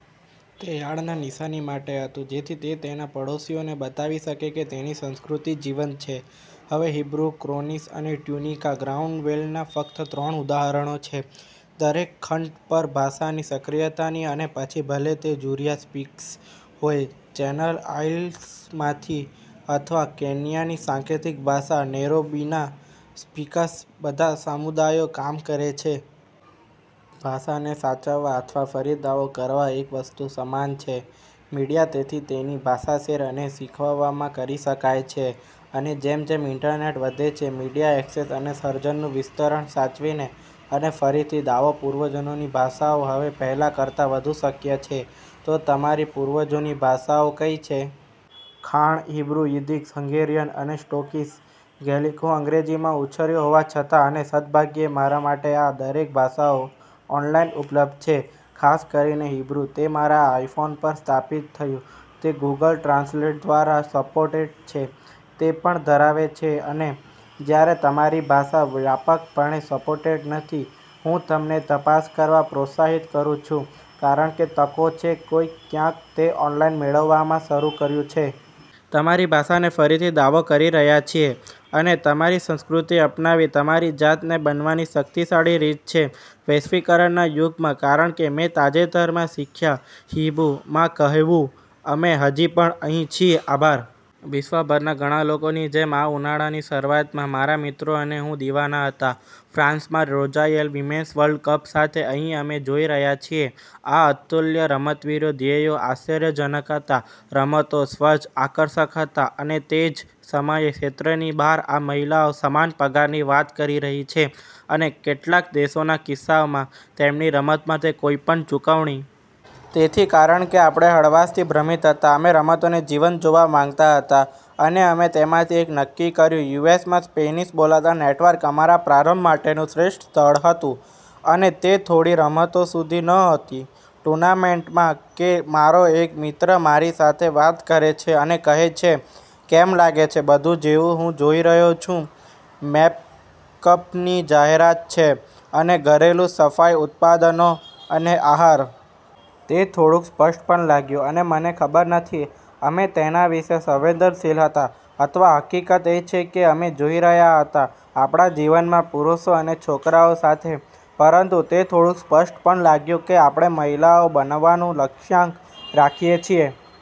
તે યાર્ડના નિશાની માટે હતું, જેથી તે તેના પડોશીઓને બતાવી શકે કે તેની સંસ્કૃતિ જીવંત છે. હવે હીબ્રુ, કોર્નિશ અને ટ્યુનિકા ગ્રાઉન્ડવેલના ફક્ત ત્રણ ઉદાહરણો છે. દરેક ખંડ પર ભાષાની સક્રિયતાની અને પછી ભલે તે જુરીયા સ્પીકર્સ હોય ચેનલ આઇલ્સમાંથી અથવા કેન્યાની સાંકેતિક ભાષા નૈરોબીના સ્પીકર્સ બધા સમુદાયો કામ કરે છે. ભાષાને સાચવવા અથવા ફરી દાવો કરવા એક વસ્તુ સમાન છે મીડિયા, તેથી તેમની ભાષા શેર અને શીખવવામાં કરી શકાય છે અને જેમ જેમ ઇન્ટરનેટ વધે છે.મીડિયા એક્સેસ અને સર્જનનું વિસ્તરણ, સાચવીને અને ફરીથી દાવો પૂર્વજોની ભાષાઓ હવે પહેલાં કરતાં વધુ શક્ય છે, તો તમારી પૂર્વજોની ભાષાઓ કઈ છે? ખાણ હીબ્રુ, યિદ્દિશ, હંગેરિયન અને સ્કોટિશ ગેલિક, હું અંગ્રેજીમાં ઉછર્યો હોવા છતાં અને સદભાગ્યે મારા માટેઆ દરેક ભાષાઓ ઓનલાઇન ઉપલબ્ધ છે. ખાસ કરીને હીબ્રુ તે મારા આઇફોન પર સ્થાપિત થયું, તે ગૂગલ ટ્રાન્સલેશન દ્વારા સપોર્ટેડ છે, તે પણ ધરાવે છે અને જ્યારે તમારી ભાષા વ્યાપકપણે સપોર્ટેડ નથી હું તમને તપાસ કરવા પ્રોત્સાહિત કરું છું, કારણ કે તકો છે, કોઈક, ક્યાંક, તે ઓનલાઇન મેળવવામાં શરૂ કર્યું છે. તમારી ભાષાને ફરીથી દાવો કરી રહ્યા છીએ અને તમારી સંસ્કૃતિ અપનાવી તમારી જાતને બનવાની શક્તિશાળી રીત છે વૈશ્વિકરણના યુગમાં, કારણ કે મેં તાજેતરમાં શીખ્યા હીબ્રુ માં કહેવું, અમે હજી પણ અહીં છીએ. આભાર. વિશ્વભરના ઘણા લોકોની જેમ, આ ઉનાળાની શરૂઆતમાં મારા મિત્રો અને હું દિવાના હતા ફ્રાન્સમાં યોજાયેલા વિમેન્સ વર્લ્ડ કપ સાથે. અહીં અમે જોઈ રહ્યા છીએ આ અતુલ્ય રમતવીરો, ધ્યેયો આશ્ચર્યજનક હતા, રમતો સ્વચ્છ અને આકર્ષક હતા, અને તે જ સમયે, ક્ષેત્રની બહાર, આ મહિલાઓ સમાન પગારની વાત કરી રહી છે, અને કેટલાક દેશોના કિસ્સામાં, તેમની રમત માટે કોઈપણ ચૂકવણી. તેથી, કારણ કે આપણે હળવાશથી ભ્રમિત હતા, અમે રમતોને જીવંત જોવા માંગતા હતા, અને અમે તેમાંથી એક નક્કી કર્યું યુ. એસ. માં સ્પેનિશ બોલતા નેટવર્ક અમારા પ્રારંભ માટેનું શ્રેષ્ઠ સ્થળ હતું. અને તે થોડી રમતો સુધી ન હતી ટૂર્નામેન્ટમાં કે મારો એક મિત્ર મારી સાથે વાત કરે છે અને કહે છે, "કેમ લાગે છે બધું જેવું હું જોઈ રહ્યો છું મેકઅપની જાહેરાત છે અને ઘરેલું સફાઈ ઉત્પાદનો અને આહાર? " તે થોડુંક સ્પષ્ટ પણ લાગ્યું, અને મને ખબર નથી અમે તેના વિશે સંવેદનશીલ હતા અથવા હકીકત એ છે કે અમે જોઈ રહ્યા હતા આપણા જીવનમાં પુરુષો અને છોકરાઓ સાથે, પરંતુ તે થોડુંક સ્પષ્ટ પણ લાગ્યું કે આપણે મહિલાઓ બનવાનું લક્ષ્યાંક રાખીએ છીએ.